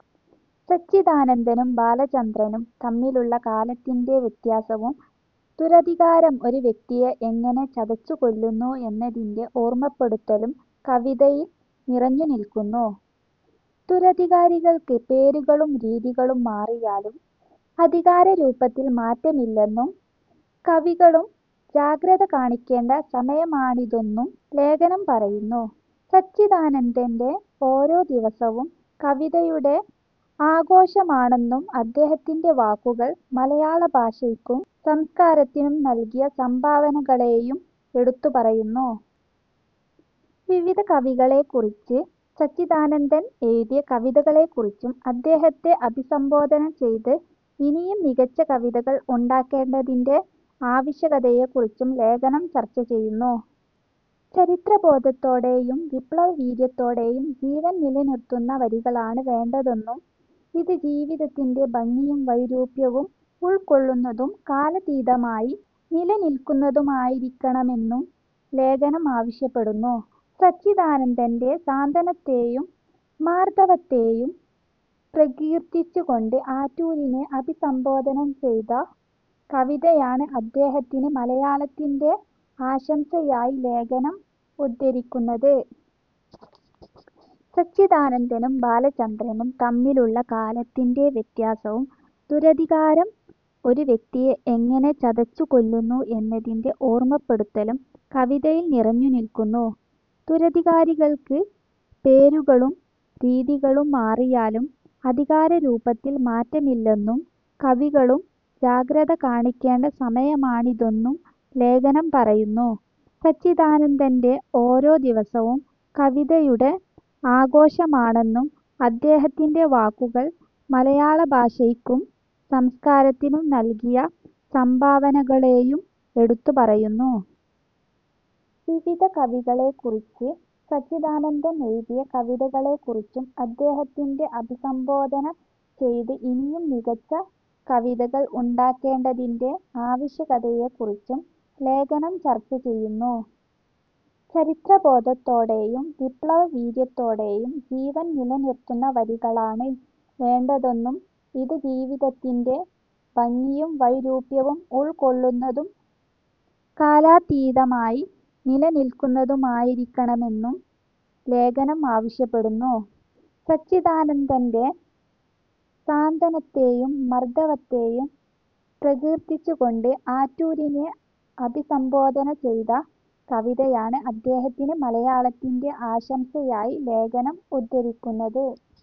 സച്ചിദാനന്ദനും ബാലചന്ദ്രനും തമ്മിലുള്ള കാലത്തിന്റെ വ്യത്യാസവും, ദുരധികാരം ഒരു വ്യക്തിയെ എങ്ങനെ ചതച്ചുകൊല്ലുന്നു എന്നതിന്റെ ഓർമ്മപ്പെടുത്തലും കവിതയിൽ നിറഞ്ഞുനിൽക്കുന്നു. ദുരധികാരികൾക്ക് പേരുകളും രീതികളും മാറിയാലും അധികാരരൂപത്തിൽ മാറ്റമില്ലെന്നും, കവികളും ജാഗ്രത കാണിക്കേണ്ട സമയമാണിതെന്നും ലേഖനം പറയുന്നു. സച്ചിദാനന്ദന്റെ ഓരോ ദിവസവും കവിതയുടെ ആഘോഷമാണെന്നും, അദ്ദേഹത്തിന്റെ വാക്കുകൾ മലയാള ഭാഷയ്ക്കും സംസ്കാരത്തിനും നൽകിയ സംഭാവനകളെയും എടുത്തുപറയുന്നു. വിവിധ കവികളെക്കുറിച്ച് സച്ചിദാനന്ദൻ എഴുതിയ കവിതകളെക്കുറിച്ചും, അദ്ദേഹത്തെ അഭിസംബോധന ചെയ്ത് ഇനിയും മികച്ച കവിതകൾ ഉണ്ടാകേണ്ടതിന്റെ ആവശ്യകതയെക്കുറിച്ചും ലേഖനം ചർച്ച ചെയ്യുന്നു. ചരിത്രബോധത്തോടെയും വിപ്ലവ വീര്യത്തോടെയും ജീവൻ നിലനിർത്തുന്ന വരികളാണ് വേണ്ടതെന്നും, ഇത് ജീവിതത്തിന്റെ ഭംഗിയും വൈരൂപ്യവും ഉൾക്കൊള്ളുന്നതും കാലാതീതമായി നിലനിൽക്കുന്നതുമായിരിക്കണമെന്നും ലേഖനം ആവശ്യപ്പെടുന്നു. സച്ചിദാനന്ദന്റെ സാന്ത്വനത്തെയും മാർദ്ദവത്തെയും പ്രകീർത്തിച്ചുകൊണ്ട് ആറ്റൂരിനെ അഭിസംബോധന ചെയ്ത കവിതയാണ് അദ്ദേഹത്തിന് മലയാളത്തിന്റെ ആശംസയായി ലേഖനം ഉദ്ധരിക്കുന്നത്. സച്ചിദാനന്ദനും ബാലചന്ദ്രനും തമ്മിലുള്ള കാലത്തിന്റെ വ്യത്യാസവും, ദുരധികാരം ഒരു വ്യക്തിയെ എങ്ങനെ ചതച്ചുകൊല്ലുന്നു എന്നതിന്റെ ഓർമ്മപ്പെടുത്തലും കവിതയിൽ നിറഞ്ഞുനിൽക്കുന്നു. ദുരധികാരികൾക്ക് പേരുകളും രീതികളും മാറിയാലും അധികാരരൂപത്തിൽ മാറ്റമില്ലെന്നും, കവികളും ജാഗ്രത കാണിക്കേണ്ട സമയമാണിതെന്നും ലേഖനം പറയുന്നു. സച്ചിദാനന്ദന്റെ ഓരോ ദിവസവും കവിതയുടെ ആഘോഷമാണെന്നും, അദ്ദേഹത്തിന്റെ വാക്കുകൾ മലയാള ഭാഷയ്ക്കും സംസ്കാരത്തിനും നൽകിയ സംഭാവനകളെയും എടുത്തുപറയുന്നു. വിവിധ കവികളെക്കുറിച്ച് സച്ചിദാനന്ദൻ എഴുതിയ കവിതകളെക്കുറിച്ചും, അദ്ദേഹത്തെ അഭിസംബോധന ചെയ്ത് ഇനിയും മികച്ച കവിതകൾ ഉണ്ടാകേണ്ടതിന്റെ ആവശ്യകതയെക്കുറിച്ചും ലേഖനം ചർച്ച ചെയ്യുന്നു. ചരിത്രബോധത്തോടെയും വിപ്ലവ വീര്യത്തോടെയും ജീവൻ നിലനിർത്തുന്ന വരികളാണ് വേണ്ടതെന്നും, ഇത് ജീവിതത്തിന്റെ ഭംഗിയും വൈരൂപ്യവും ഉൾക്കൊള്ളുന്നതും കാലാതീതമായി നിലനിൽക്കുന്നതുമായിരിക്കണമെന്നും ലേഖനം ആവശ്യപ്പെടുന്നു. സച്ചിദാനന്ദന്റെ സാന്ത്വനത്തെയും മാർദ്ദവത്തെയും പ്രകീർത്തിച്ചുകൊണ്ട് ആറ്റൂരിനെ അഭിസംബോധന ചെയ്ത കവിതയാണ് അദ്ദേഹത്തിന് മലയാളത്തിന്റെ ആശംസയായി ലേഖനം ഉദ്ധരിക്കുന്നത്.